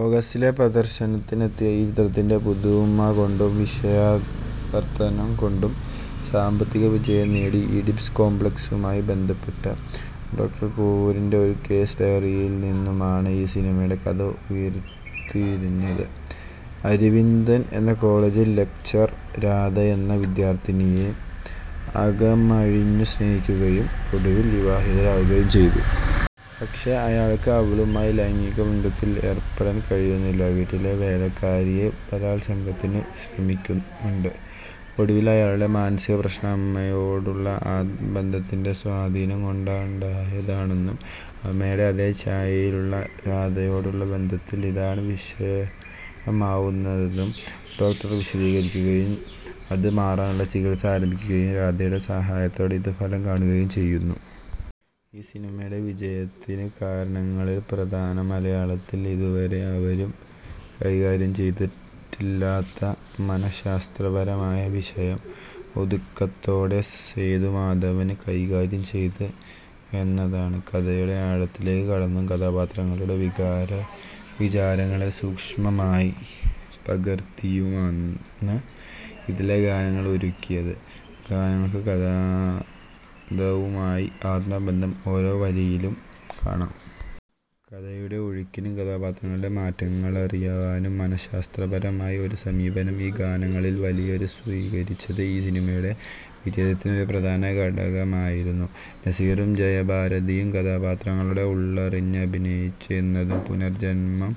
ഓഗസ്റ്റിലെ പ്രദര്ശനത്തിനെത്തിയ ഈ ചിത്രത്തിന്റെ പുതുമകൊണ്ടും വിഷയാവർതണം കൊണ്ടും സാമ്പത്തിക വിജയം നേടി. ഈഡിപ്പസ് കോംപ്ലക്സുമായി ബന്ധപ്പെട്ട, ഡോ. കോവൂരിന്റെ ഒരു കേസ് ഡയറിയില്നിന്നുമാണ് ഈ സിനിമയുടെ കഥ ഉരുത്തിരിഞ്ഞത്. അരവിന്ദന് എന്ന കോളജ് ലക്ചറര് രാധയെന്ന വിദ്യാര്ത്ഥിനിയെ അകമഴിഞ്ഞു സ്നേഹിക്കുകയും ഒടുവില് വിവാഹിതരാവുകയും ചെയ്തു. പക്ഷേ, അയാള്ക്ക് അവളുമായി ലൈംഗികബന്ധത്തില് ഏര്പ്പെടാന് കഴിയുന്നില്ല. വീട്ടിലെ വേലക്കാരിയെ ബലാല്സംഗത്തിനു ശ്രമിക്കുന്നുമുണ്ട്. ഒടുവില് അയാളുടെ മാനസിക പ്രശ്നം അമ്മയോടുള്ള ആത്മബന്ധത്തിന്റെ സ്വാധീനംകൊണ്ടുണ്ടായതാണെന്നും അമ്മയുടെ അതേ ഛായയിലുള്ള രാധയോടുള്ള ബന്ധത്തില് ഇതാണ് വിഷയമാവുന്നതെന്നു ഡോക്ടര് വിശദീകരിക്കുകയും അത് മാറാനുള്ള ചികിത്സ ആരംഭിക്കുകയും രാധയുടെ സഹായത്തോടെ ഇത് ഫലം കാണുകയും ചെയ്യുന്നു. ഈ സിനിമയുടെ വിജയത്തിന് കാരണങ്ങളില് പ്രധാനം മലയാളത്തില് ഇതുവരെ അവരും കൈകാര്യം ചെയ്തിട്ടില്ലാത്ത മനഃശാസ്ത്രപരമായ വിഷയം ഒതുക്കത്തോടെ സേതുമാധവന് കൈകാര്യം ചെയ്തു എന്നതാണ്. കഥയുടെ ആഴത്തിലേക്കു കടന്നും കഥാപാത്രങ്ങളുടെ വികാരവിചാരങ്ങളെ സൂക്ഷ്മമായി പകര്ത്തിയുമാണ് ഇതിലെ ഗാനങ്ങള് ഒരുക്കിയത്. ഗാനങ്ങള്ക്ക് കഥാന്തവുമായി ആത്മബന്ധം ഓരോ വരിയിലും കാണാം. കഥയുടെ ഒഴുക്കിനും കഥാപാത്രങ്ങളുടെ മാറ്റങ്ങളറിയുവാനും മനഃശാസ്ത്രപരമായ ഒരു സമീപനം ഈ ഗാനങ്ങളില് വലിയൊരു സ്വീകരിച്ചത് ഈ സിനിമയുടെ വിജയത്തിന് ഒരു പ്രധാനഘടകമായിരുന്നു. നസീറും ജയഭാരതിയും കഥാപാത്രങ്ങളുടെ ഉള്ളറിഞ്ഞഭിനയിച്ചു എന്നതും പുനര്ജ്ജന്മം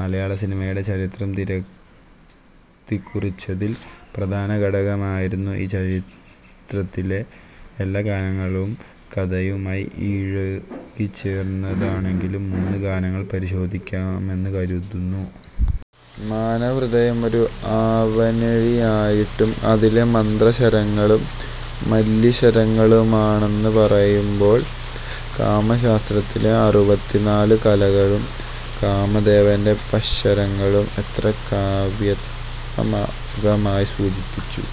മലയാളസിനിമയുടെ ചരിത്രം തിരുത്തിക്കുറിച്ചതില് പ്രധാനഘടകമായിരുന്നു. ഈ ചിരിത്രത്തിലെ എല്ലാ ഗാനങ്ങളും കഥയുമായി ഇഴുകിച്ചേര്ന്നതാണെങ്കിലും മൂന്നു ഗാനങ്ങള് പരിശോധിക്കാമെന്ന് കരുതുന്നു. മാനവഹൃദയം ഒരു ആവനാഴിയായിട്ടും അതിലെ മന്ത്രശരങ്ങളും മല്ലീശരങ്ങളുമാണെന്ന് പറയുമ്പോള് കാമശാസ്ത്രത്തിലെ അറുപത്തിനാല് കലകളും കാമദേവന്റെ പക്ഷരങ്ങളും എത്ര കാവ്യാത്മകമായി സൂചിപ്പിച്ചു